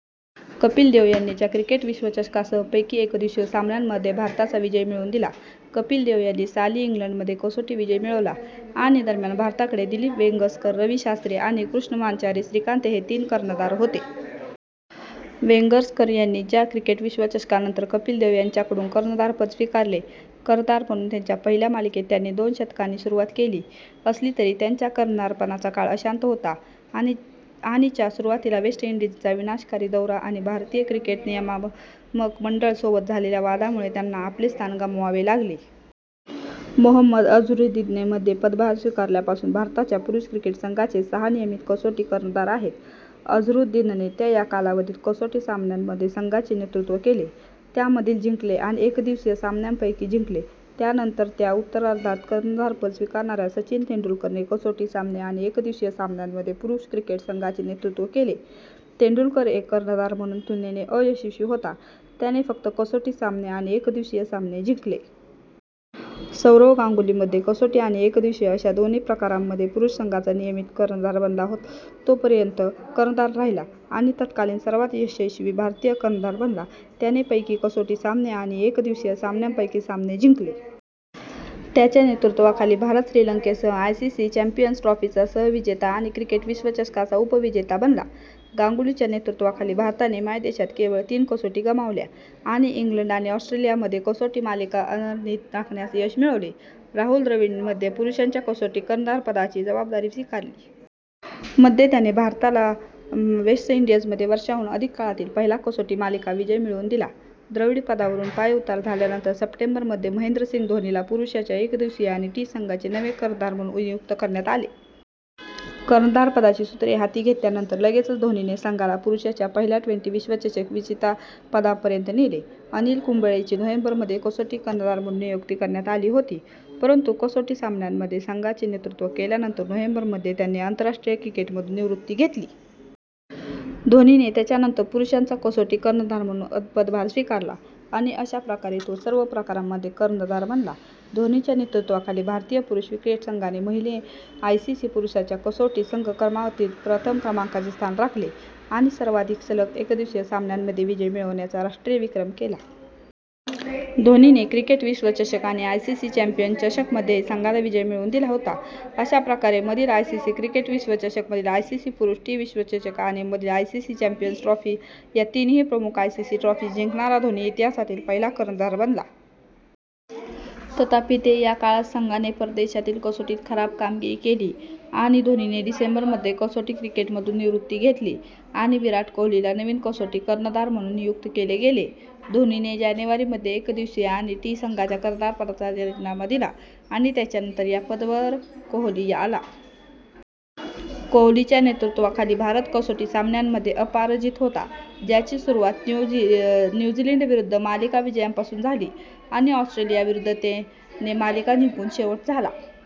कपिल देव यांनी च्या क्रिकेट विश्वचषकासह, पैकी एकदिवसीय सामन्यांमध्ये भारताला विजय मिळवून दिला. कपिल देव यांनी साली इंग्लंडमध्ये - कसोटी विजय मिळवला. - आणि - दरम्यान, भारताकडे दिलीप वेंगसरकर, रवी शास्त्री आणि कृष्णम्माचारी श्रीकांत हे तीन कर्णधार होते. वेंगसरकर यांनी च्या क्रिकेट विश्वचषकानंतर कपिल देव यांच्याकडून कर्णधारपद स्वीकारले. कर्णधार म्हणून त्याच्या पहिल्या मालिकेत त्याने दोन शतकांनी सुरुवात केली असली तरी, त्याच्या कर्णधारपदाचा काळ अशांत होता आणि च्या सुरुवातीला वेस्ट इंडीजचा विनाशकारी दौरा आणि भारतीय क्रिकेट नियामक मंडळ सोबत झालेल्या वादामुळे त्यांना आपले स्थान गमवावे लागले. मोहम्मद अझरुद्दीनने मध्ये पदभार स्वीकारल्यापासून भारताच्या पुरुष क्रिकेट संघाचे सहा नियमित कसोटी कर्णधार आहेत. अझरुद्दीनने - ते - या कालावधीत कसोटी सामन्यांमध्ये संघाचे नेतृत्व केले, त्यामधील जिंकले आणि एकदिवसीय सामन्यांपैकी जिंकले. त्यानंतर च्या उत्तरार्धात कर्णधारपद स्वीकारणाऱ्या सचिन तेंडुलकरने कसोटी सामने आणि एकदिवसीय सामन्यांमध्ये पुरुष क्रिकेट संघाचे नेतृत्व केले; तेंडुलकर एक कर्णधार म्हणून तुलनेने अयशस्वी होता, त्याने फक्त कसोटी सामने आणि एकदिवसीय सामने जिंकले.। सौरव गांगुली मध्ये कसोटी आणि एकदिवसीय अशा दोन्ही प्रकारांमध्ये पुरुष संघाचा नियमित कर्णधार बनला. तो - पर्यंत कर्णधार राहिला आणि तत्कालीन सर्वात यशस्वी भारतीय कर्णधार बनला, त्याने पैकी कसोटी सामने आणि एकदिवसीय सामन्यांपैकी सामने जिंकले. त्याच्या नेतृत्वाखाली, भारत श्रीलंकेसह आयसीसी चॅम्पियन्स ट्रॉफीचा सहविजेता आणि क्रिकेट विश्वचषकाचा उपविजेता बनला. गांगुलीच्या नेतृत्वाखाली भारताने मायदेशात केवळ तीन कसोटी गमावल्या आणि इंग्लंड आणि ऑस्ट्रेलियामध्ये कसोटी मालिका अनिर्णित राखण्यात यश मिळवले. राहुल द्रविडने मध्ये पुरुषांच्या कसोटी कर्णधारपदाची जबाबदारी स्वीकारली. मध्ये, त्याने भारताला वेस्ट इंडीजमध्ये वर्षांहून अधिक काळातील पहिला कसोटी मालिका विजय मिळवून दिला. द्रविड पदावरून पायउतार झाल्यानंतर सप्टेंबर मध्ये, महेंद्रसिंग धोनीला पुरुषांच्या एकदिवसीय आणि टी संघांचे नवे कर्णधार म्हणून नियुक्त करण्यात आले. कर्णधारपदाची सूत्रे हाती घेतल्यानंतर लगेचच धोनीने संघाला पुरुषांच्या पहिल्या ट्वेंटी विश्वचषक विजेतेपदापर्यंत नेले. अनिल कुंबळेची नोव्हेंबर मध्ये कसोटी कर्णधार म्हणून नियुक्ती करण्यात आली होती, परंतु कसोटी सामन्यांमध्ये संघाचे नेतृत्व केल्यानंतर नोव्हेंबर मध्ये त्यांने आंतरराष्ट्रीय क्रिकेटमधून निवृत्ती घेतली. धोनीने त्याच्यानंतर पुरुषांचा कसोटी कर्णधार म्हणून पदभार स्वीकारला आणि अशा प्रकारे तो सर्व प्रकारांमध्ये कर्णधार बनला. धोनीच्या नेतृत्वाखाली, भारतीय पुरुष क्रिकेट संघाने महिने आयसीसी पुरुषांच्या कसोटी संघ क्रमवारीत प्रथम क्रमांकाचे स्थान राखले आणि सर्वाधिक सलग एकदिवसीय सामन्यांमध्ये विजय मिळवण्याचा राष्ट्रीय विक्रम केला. धोनीने क्रिकेट विश्वचषक आणि आयसीसी चॅम्पियन्स चषक मध्येही संघाला विजय मिळवून दिला होता. अशा प्रकारे, मधील आयसीसी क्रिकेट विश्वचषक, मधील आयसीसी पुरुष टी विश्वचषक आणि मधील आयसीसी चॅम्पियन्स ट्रॉफी या तीनही प्रमुख आयसीसी ट्रॉफी जिंकणारा धोनी इतिहासातील पहिला कर्णधार बनला. तथापि, ते या काळात संघाने परदेशातील कसोटीत खराब कामगिरी केली आणि धोनीने डिसेंबर मध्ये कसोटी क्रिकेटमधून निवृत्ती घेतली आणि विराट कोहलीला नवीन कसोटी कर्णधार म्हणून नियुक्त केले गेले. धोनीने जानेवारी मध्ये एकदिवसीय आणि टी संघांच्या कर्णधारपदाचा राजीनामा दिला आणि त्याच्यानंतर या पदावरकोहली आला. कोहलीच्या नेतृत्वाखाली, भारत कसोटी सामन्यांमध्ये अपराजित होता, ज्याची सुरुवात न्यू झीलंड विरुद्ध - मालिका विजयापासून झाली आणि ऑस्ट्रेलियाविरुद्ध - ने मालिका जिंकून शेवट झाला.